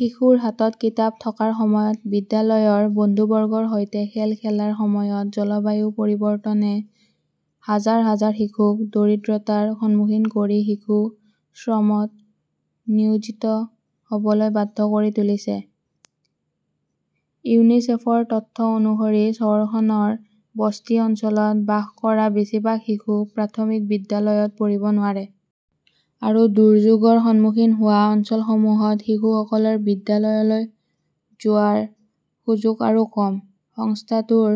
শিশুৰ হাতত কিতাপ থকাৰ সময়ত, বিদ্যালয়ৰ বন্ধুবৰ্গৰ সৈতে খেল খেলাৰ সময়ত, জলবায়ু পৰিৱৰ্তনে হাজাৰ হাজাৰ শিশুক দৰিদ্ৰতাৰ সন্মুখীন কৰি শিশু শ্ৰমত নিয়োজিত হ'বলৈ বাধ্য কৰি তুলিছে। ইউনিচেফৰ তথ্য অনুসৰি, চহৰখনৰ বস্তি অঞ্চলত বাস কৰা বেছিভাগ শিশু প্ৰাথমিক বিদ্যালয়ত পঢ়িব নোৱাৰে। আৰু দুৰ্যোগৰ সন্মুখীন হোৱা অঞ্চলসমূহত শিশুসকলৰ বিদ্যালয়লৈ যোৱাৰ সুযোগ আৰু কম। সংস্থাটোৰ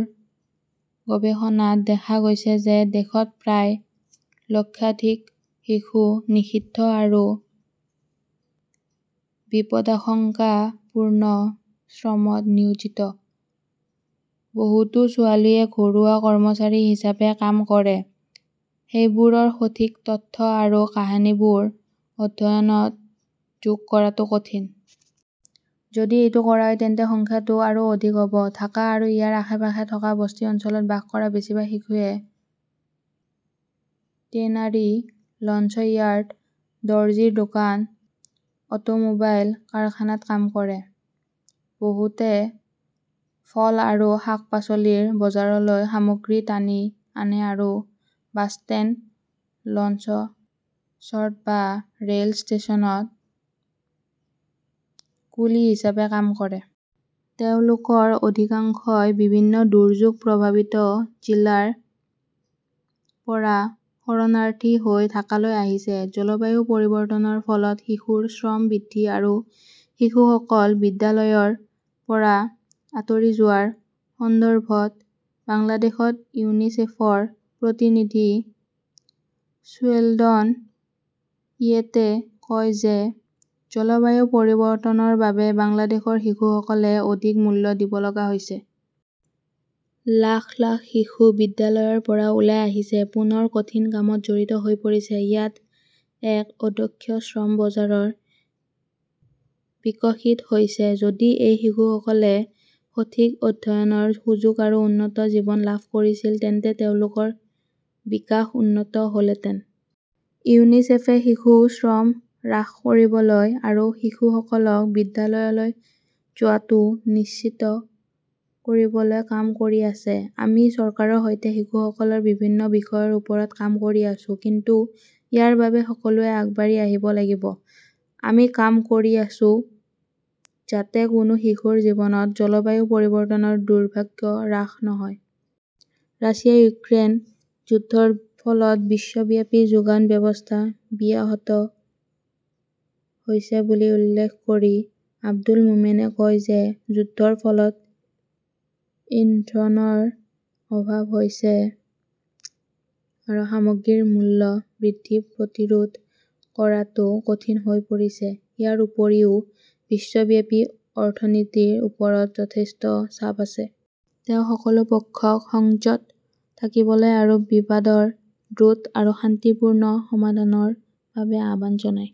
গৱেষণাত দেখা গৈছে যে, দেশত প্ৰায় লক্ষাধিক শিশু নিষিদ্ধ আৰু বিপদাশংকাপূৰ্ণ শ্ৰমত নিয়োজিত। বহুতো ছোৱালীয়ে ঘৰুৱা কৰ্মচাৰী হিচাপে কাম কৰে। সেইবোৰৰ সঠিক তথ্য আৰু কাহিনীবোৰ অধ্যয়নত যোগ কৰাটো কঠিন। যদি এইটো কৰা হয়, তেন্তে সংখ্যাটো আৰু অধিক হ'ব। ঢাকা আৰু ইয়াৰ আশে-পাশে থকা বস্তি অঞ্চলত বাস কৰা বেছিভাগ শিশুৱে টেনাৰী, লঞ্চইয়াৰ্ড, দৰ্জিৰ দোকান, অটোমোবাইল কাৰখানাত কাম কৰে। বহুতে ফল আৰু শাক-পাচলিৰ বজাৰলৈ সামগ্ৰী টানি আনে আৰু বাছ ষ্টেণ্ড, লঞ্চ শ্বট বা ৰেল ষ্টেচনত কুলি হিচাপে কাম কৰে। তেওঁলোকৰ অধিকাংশই বিভিন্ন দুৰ্যোগ প্ৰভাৱিত জিলাৰ পৰা শৰণাৰ্থী হৈ ঢাকালৈ আহিছে। জলবায়ু পৰিৱৰ্তনৰ ফলত শিশুৰ শ্ৰম বৃদ্ধি আৰু শিশুসকল বিদ্যালয়ৰ পৰা আঁতৰি যোৱাৰ সন্দৰ্ভত বাংলাদেশত ইউনিচেফৰ প্ৰতিনিধি শ্বেলডন ইয়েটে কয় যে, জলবায়ু পৰিৱৰ্তনৰ বাবে বাংলাদেশৰ শিশুসকলে অধিক মূল্য দিব লগা হৈছে। লাখ লাখ শিশু বিদ্যালয়ৰ পৰা ওলাই আহিছে, পুনৰ কঠিন কামত জড়িত হৈ পৰিছে। ইয়াত এক অদক্ষ শ্ৰম বজাৰ বিকশিত হৈছে। যদি এই শিশুসকলে সঠিক অধ্যয়নৰ সুযোগ আৰু উন্নত জীৱন লাভ কৰিছিল, তেন্তে তেওঁলোকৰ বিকাশ উন্নত হ'লহেঁতেন। ইউনিছেফে শিশু শ্ৰম হ্ৰাস কৰিবলৈ আৰু শিশুসকলক বিদ্যালয়লৈ যোৱাটো নিশ্চিত কৰিবলৈ কাম কৰি আছে। আমি চৰকাৰৰ সৈতে শিশুসকলৰ বিভিন্ন বিষয়ৰ ওপৰত কাম কৰি আছোঁ। কিন্তু ইয়াৰ বাবে সকলোৱে আগবাঢ়ি আহিব লাগিব। আমি কাম কৰি আছোঁ যাতে কোনো শিশুৰ জীৱনত জলবায়ু পৰিৱৰ্তনৰ দুৰ্ভাগ্য হ্ৰাস নহয়। ৰাছিয়া-ইউক্ৰেইন যুদ্ধৰ ফলত বিশ্বব্যাপী যোগান ব্যৱস্থা ব্যাহত হৈছে বুলি উল্লেখ কৰি আব্দুল মোমেনে কয় যে, যুদ্ধৰ ফলত ইন্ধনৰ অভাৱ হৈছে আৰু সামগ্ৰীৰ মূল্য বৃদ্ধি প্ৰতিৰোধ কৰাটো কঠিন হৈ পৰিছে। ইয়াৰ উপৰিও, বিশ্বব্যাপী অৰ্থনীতিৰ ওপৰত যথেষ্ট চাপ আছে। তেওঁ সকলো পক্ষক সংযত থাকিবলৈ আৰু বিবাদৰ দ্ৰুত আৰু শান্তিপূৰ্ণ সমাধানৰ বাবে আহ্বান জনায়।